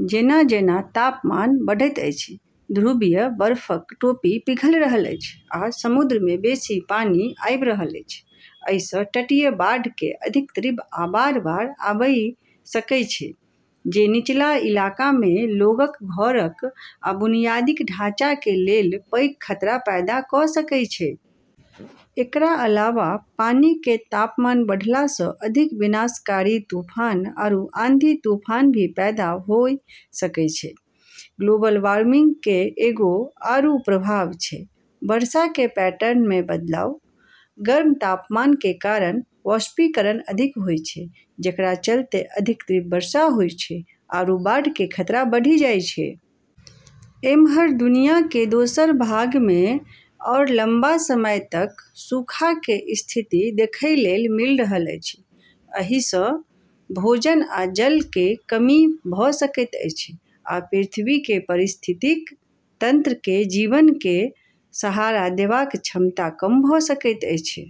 जेना-जेना तापमान बढ़ैत अछि, ध्रुवीय बर्फक टोपी पिघलि रहल अछि आ समुद्र मे बेसी पानि आबि रहल अछि। अइ सं तटीय बाढ़ के अधिक तीव्र आ बार-बार आबि सकै छै, जे निचला इलाकाक मे लोगक, घरक आ बुनियादी ढाँचा के लेल पैघ खतरा पैदा क सकै छै। एकरा अलावा पानी के तापमान बढ़ला स अधिक विनाशकारी तूफान आरू आंधी-तूफान भी पैदा होय सकै छै। ग्लोबल वार्मिंग के एगो आरू प्रभाव छै वर्षा के पैटर्न मे बदलाव। गर्म तापमान के कारण वाष्पीकरण अधिक होय छै, जेकरा चलतें अधिक तीव्र वर्षा होय छै आरू बाढ़ के खतरा बढ़ी जाय छै। एम्हर दुनिया के दोसर भाग मे आओर लंबा समय तक सूखा के स्थिति देखय लेल मिल रहल अछि। एहि सं भोजन आ जल के कमी भ सकैत अछि, आ पृथ्वी के पारिस्थितिकी तंत्र के जीवन के सहारा देबाक क्षमता कम भ सकैत अछि।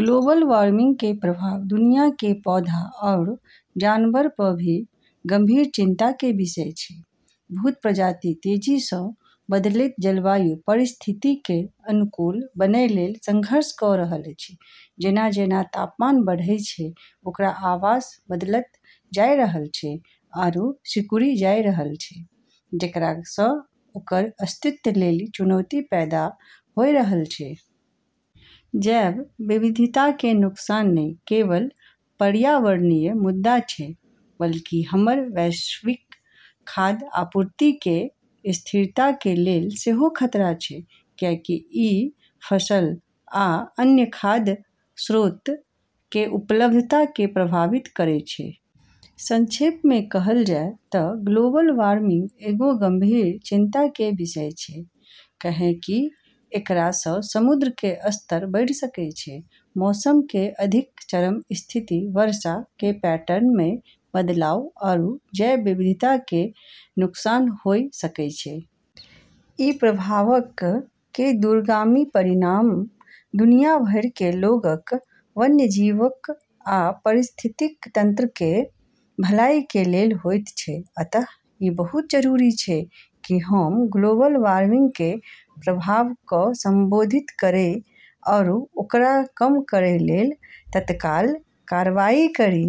ग्लोबल वार्मिंग के प्रभाव दुनिया के पौधा आरू जानवर प भी गंभीर चिंता के विषय छै। बहुत प्रजाति तेजी सं बदलैत जलवायु परिस्थिति के अनुकूल बनय लेल संघर्ष क रहल अछि। जेना-जेना तापमान बढ़ै छै, ओकर आवास बदलत जाय रहल छै आरू सिकुड़ी जाय रहल छै, जेकरा स ओकर अस्तित्व लेली चुनौती पैदा होय रहल छै। जैव विविधता के नुकसान न केवल पर्यावरणीय मुद्दा छै, बल्कि हमर वैश्विक खाद्य आपूर्ति के स्थिरता के लेल सेहो खतरा छै, कियाकि इ फसल आ अन्य खाद्य स्रोत के उपलब्धता के प्रभावित करएत छै। संक्षेप मे कहल जाय त ग्लोबल वार्मिंग एगो गंभीर चिंता के विषय छै, कैन्हेंकि एकरा स समुद्र के स्तर बढ़ी सकै छै, मौसम के अधिक चरम स्थिति, वर्षा के पैटर्न मे बदलाव, आरू जैव विविधता के नुकसान होय सकै छै। इ प्रभावक के दूरगामी परिणाम दुनिया भर के लोगक, वन्यजीवक आ पारिस्थितिकी तंत्रक के भलाई के लेल होयत छै। अतः ई बहुत जरूरी छै कि हम ग्लोबल वार्मिंग के प्रभाव क संबोधित करै आरू ओकरा कम करै लेली तत्काल कार्रवाई करी।